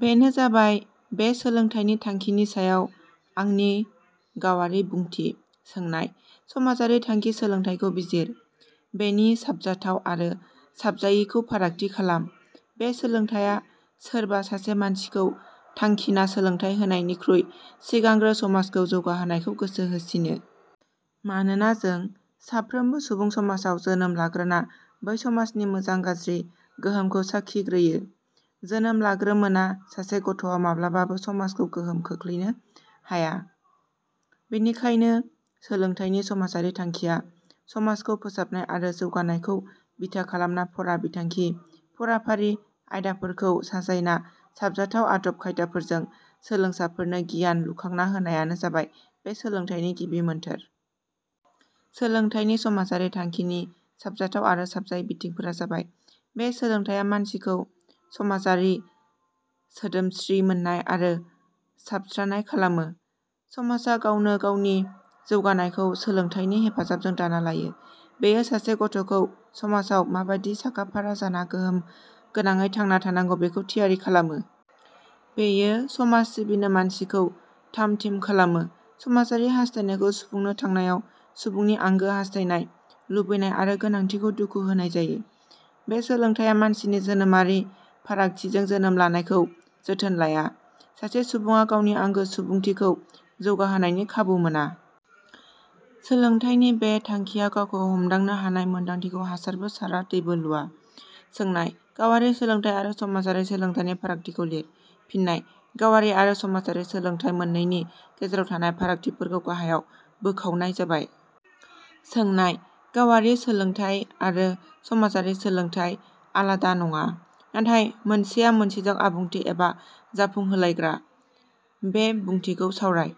बेनो जाबाय बे सोलोंथाइनि थांखिनि सायाव आंनि गावारि बुंथि। सोंनाय –. समाजारि थांखि सोलोंथाइखौ बिजिर। बेनि साबजाथाव आरो साबजायिखौ फारागथि खालाम। बे सोलोंथाइया सोरबा सासे मानसिखौ थांखिना सोलोंथाइ होनायनिख्रुइ सिगांग्रो समाजखौ जौगाहोनायखौ गोसो होसिनो। मानोना जों साफ्रोमबो सुबुं समाजाव जोनोम लाग्रोना बै समाजनि मोजां-गाज्रि गोहोमखौ साखिग्रोयो। जोनोम लाग्रोमोना सासे गथ'वा माब्लाबाबो समाजखौ गोहोम खोखलैनो हाया। बेनिखायनो सोलोंथाइनि समाजारि थांखिया समाजखौ फोसाबनाय आरो जौगानायखौ बिथा खालामना फरा बिथांखि, फराफारि आयदाफोरखौ साजायना साबजाथाव आदब- खायदाफोरजों सोलोंसाफोरनो गियान लुखांना होनायानो जाबाय बे सोलोंथाइनि गिबि मोन्थोर। सोलोंथाइनि समाजारि थांखिनि साबजाथाव आरो साबजायि बिथिंफोरा जाबाय – बें सोलोंथाइया मानसिखौ समाजारि, सोद्रोमसि मोन्नाय आरो साबस्रानाय खालामो। समाजा गावनो गावनि जौगानायखौ सोलोंथाइनि हेफाजाबजों दाना लायो। बेयो सासे गथ'खौ समाजाव माबादि साखा-फारा जाना गोहोम गोनांङै थांना थानांगौ बेखौ थियारि खालामो। बेयो समाज सिबिनो मानसिखौ थामथिम खालामो। समाजारि हास्थायनायखौ सुफुंनो थांनायाव सुबुंनि आंगो हास्थायनाय, लुबैनाय आरो गोनांथिखौ दुखु होनाय जायो। बे सोलोंथाइया मानसिनि जोनोमारि फारागथिजों जोनोम लानायखौ जोथोन लाया। सासे सुबुंङा गावनि आंगो सुबुथिखौ जौगाहोनायनि खाबु मोना। सोलोंथाइनि बे थांखिया गावखौ हमदांनो हानाय मोन्दांथिखौ हासारबो सारा दैबो लुवा। सोनाय गावआरि सोलोंथाइ आरो समाजारि सोलोंथाइनि फारागथिखौ लिर। फिन्नाय: गावआरि आरो समाजारि सोलोंथाइ मोन्नैनि गेजेराव थानाय फारागथिफोरखौ गाहायाव बोखावनाय जाबाय। सोनाय: गावारि सोलोंथाइ आरो समाजारि सोलोंथाइ आलादा नंङा, नाथाय मोनसेया मोनसेजों आबुंथि एबा जाफुंहोलायग्रा। बे बुंथिखौ सावराय।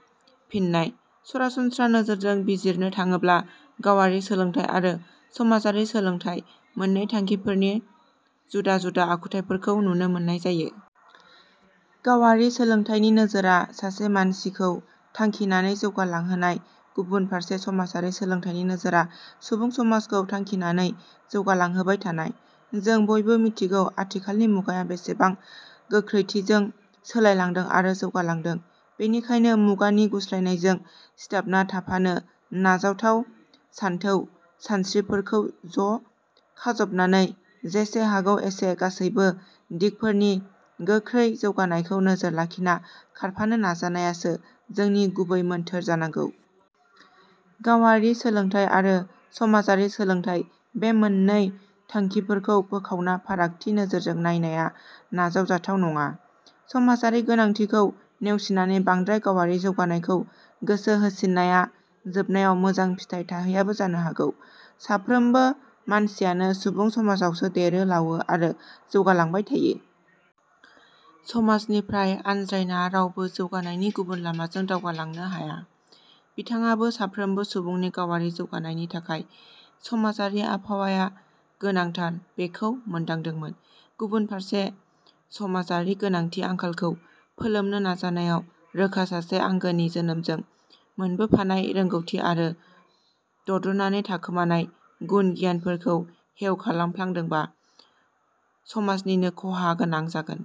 फिन्नाय: सरासनस्रा नोजोरजों बिजिरनो थांङोब्ला गावारि सोलोंथाइ आरो समाजारि सोलोंथाइ मोन्नै थांखिफोरनि जुदा-जुदा आखुथाइफोरखौ नुनो मोन्नाय जायो। गावारि सोलोंथाइनि नोजोरा सासे मानसिखौ थांखिनानै जौगालांहोनाय गुबुन फारसे समाजारि सोलोंथाइनि नोजोरा सुबुं समाजखौ थांखिनानै जौगालांहोबाय थानाय। जों बयबो मिथिगौ आथिखालनि मुगाया बेसेबां गोखैथिजों सोलाय लांदों आरो जौगालांदों। बेनिखायनो मुगानि गुस्लायनायजों सिथाबना थाफानो नाजावजाथाव सानथौ सानस्त्रिफोरखौ ज' खाजबनानै जेसे हागौ एसे गासैबो दिगफोरनि गोखै जौगानायखौ नोजोर लाखिना खारफानो नाजानायासो जोंनि गुबै मोन्थोर जानांगौ। गावारि सोलोंथाइ आरो समाजारि सोलोंथाइ बे मोन्नै थांखिफोरखौ बोखावना फारागथि नोजोरजों नायनाया नाजाव जाथाव नंङा। समाजारि गोनांथिखौ नेउसिनानै बांद्राय गावारि जौगानायखौ गोसो होसिन्नाया जोबनायाव मोजां फिथाइ थाहैयाबो जानो हागौ। साफ्रोमबो मासियानो सुबुं समाजावसो देरो-लावो आरो जौगालांबाय थायो। समाजनिफ्राय आनज्रायना रावबो जौगानायनि गुबुन लामाजों दावगालांनो हाया। बिथांङाबो साफ्रोमबो सुबुंनि गावारि जौगानायनि थाखाय समाजारि आबहावाया गोनांथार बेखौ मोन्दांदोंमोन। गुबुन फारसे समाजारि गोनांथि-आंखालखौ फोलोमनो नाजानायाव रोखा सासे आंगोनि जोनोमजों मोनबोफानाय रोंगौथि आरो दद्रनानेै थाखोमानाय गुन-गियानफोरखौ हेव खालामफ्लांदोबा समाजनिनो ख 'हा गोनां जागोन।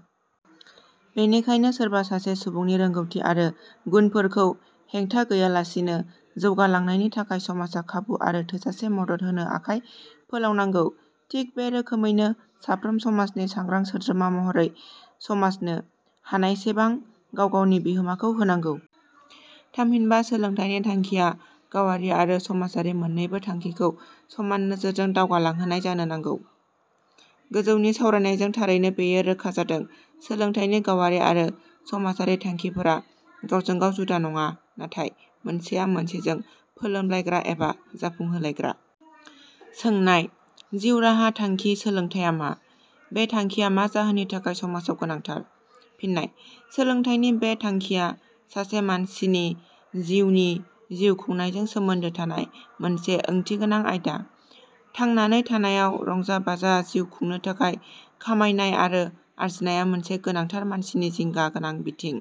बेनिखायनो सोरबा सासे सुबुंनि रोंगौथि आरो गुनफोरखौ हेंथा गैयालासिनो जौगालांनायनि थाखाय समाजा खाबु आरो थोजासे मदद होनो आखाइ फोलावनांगौ। थिग बे रोखोमैनो साफ्रोम समाजनि सांग्रां सोद्रोमा महरै समाजनो हानायसेबां गावबा गावनि बिहोमाखौ होनांगौ। थामहिनबा सोलोंथाइनि थांखिया गावारि आरो समाजारि मोन्नैबो थांखिखौ समान नोजोरजों दावगालांहोनाय जानो नांगौ। गोजौनि सावरायनायजों थारैनो बेयो रोखा जादों सोलोंथाइनि गावारि आरो समाजारि थांखिफोरा गावजों गाव जुदा नंङा नाथाय मोनसेया मोनसेजों फोलोमलायग्रा एबा जाफुंहोलायग्रा। सोंनाय: जिउ राहा थांखि सोलोंथाइया मा? बे थांखिया मा जाहोननि थाखाय समाजाव गोनांथार। फिन्नाय: सोलोंथाइनि बे थाखिया सासे मानसिनि गावनि जिउनि खुंनायजों सोमोन्दो थानाय मोनसे ओंथिगोनां आयदा। थांनानै थानायाव रंजा-बाजा जिउ खुंनो थाखाय खामायनाय आरो आरजिनाया मोनसे गोनांथार मानसिनि जिंगा गोनां बिथिं।